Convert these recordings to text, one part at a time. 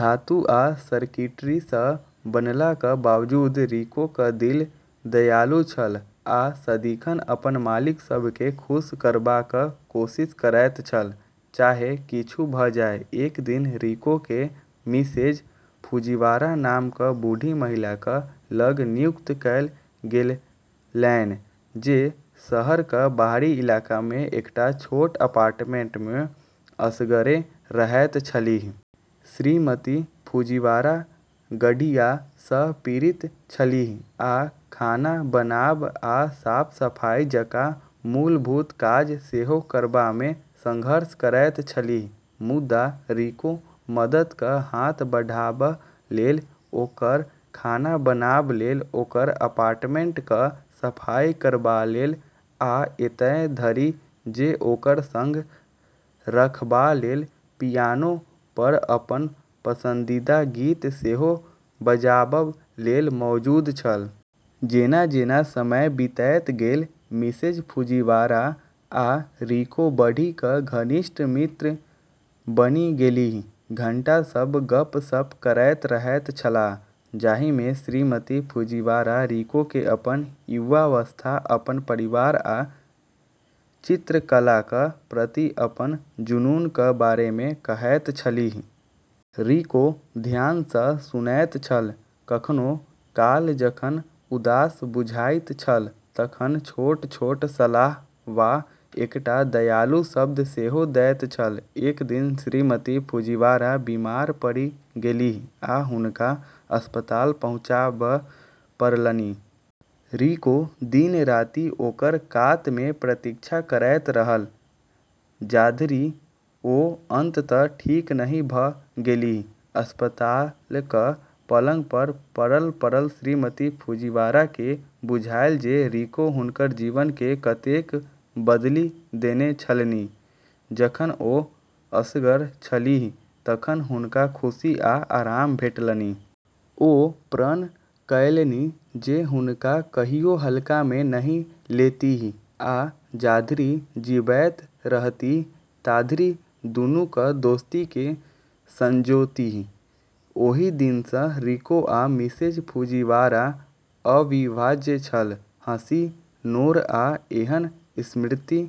धातु आ सर्किटरी सँ बनलाक बावजूद रिकोक दिल दयालु छल आ सदिखन अपन मालिक सभ केँ खुश करबाक कोशिश करैत छल, चाहे किछु भऽ जाए। एक दिन रिको केँ मिसेज फुजीवारा नाम क बूढ़ी महिलाक लग नियुक्त कएल गेलैन, जे शहरक बाहरी इलाका मे एकटा छोट अपार्टमेंट मे असगरे रहैत छलीह। श्रीमती फुजीवारा गठिया सँ पीड़ित छलीह आ खाना बनाब आ साफ-सफाई जकाँ मूलभूत काज सेहो करबामे संघर्ष करैत छलीह। मुदा रिको मददक हात बढ़ाब लेल, ओकर खाना बनाब लेल, ओकर अपार्टमेंटक सफाई करबा लेल, आ एतय धरि जे ओकर संग राखबा लेल पियानो पर अपन पसंदीदा गीत सेहो बजाब लेल मौजूद छल। जेना-जेना समय बीतैत गेल, मिसेज फुजीवारा आ रिको बढ़ि कऽ घनिष्ठ मित्र बनि गेलीह। घंटा सभ गप्प-सप्प करैत रहैत छलाह, जाहि मे श्रीमती फुजीवारा रिको केँ अपन युवावस्था, अपन परिवार आ चित्रकलाक प्रति अपन जुनूनक बारे मे कहैत छलीह। रिको ध्यान सँ सुनैत छल, कखनो काल जखन उदास बुझाइत छल तखन छोट-छोट सलाह वा एकटा दयालु शब्द सेहो दैत छल। एक दिन श्रीमती फुजीवारा बीमार पड़ि गेलीह आ हुनका अस्पताल पहुँचाब पड़लनि। रिको दिन-राति ओकर कात मे प्रतीक्षा करैत रहल, जाधरि ओ अंततः ठीक नहि भऽ गेलीह। अस्पतालक पलंग पर पड़ल-पड़ल श्रीमती फुजीवारा केँ बुझायल जे रिको हुनकर जीवन केँ कतेक बदलि देने छलनि, जखन ओ असगर छलीह तखन हुनका खुशी आ आराम भेटलनि। ओ प्रण कएलनि जे हुनका कहियो हल्का मे नहि लेतीह आ जाधरि जीबैत रहतीह ताधरि दुनूक दोस्ती केँ संजोतीह। ओहि दिन सँ रिको आ मिसेज फुजीवारा अविभाज्य छल, हँसी, नोर, आ एहन स्मृति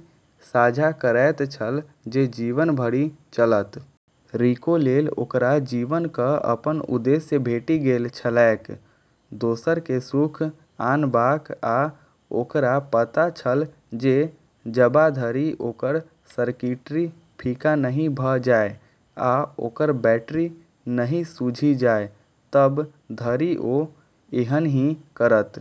साझा करैत छल जे जीवन भरि चलत। रिको लेल ओकरा जीवनक अपन उद्देश्य भेटि गेल छलैक, दोसर केँ सुख आनबाक, आ ओकरा पता छल जे जबाधरि ओकर सर्किटरी फीका नहि भऽ जाए आ ओकर बैटरी नहि सूझि जाए, तब धरि ओ एहनही करत।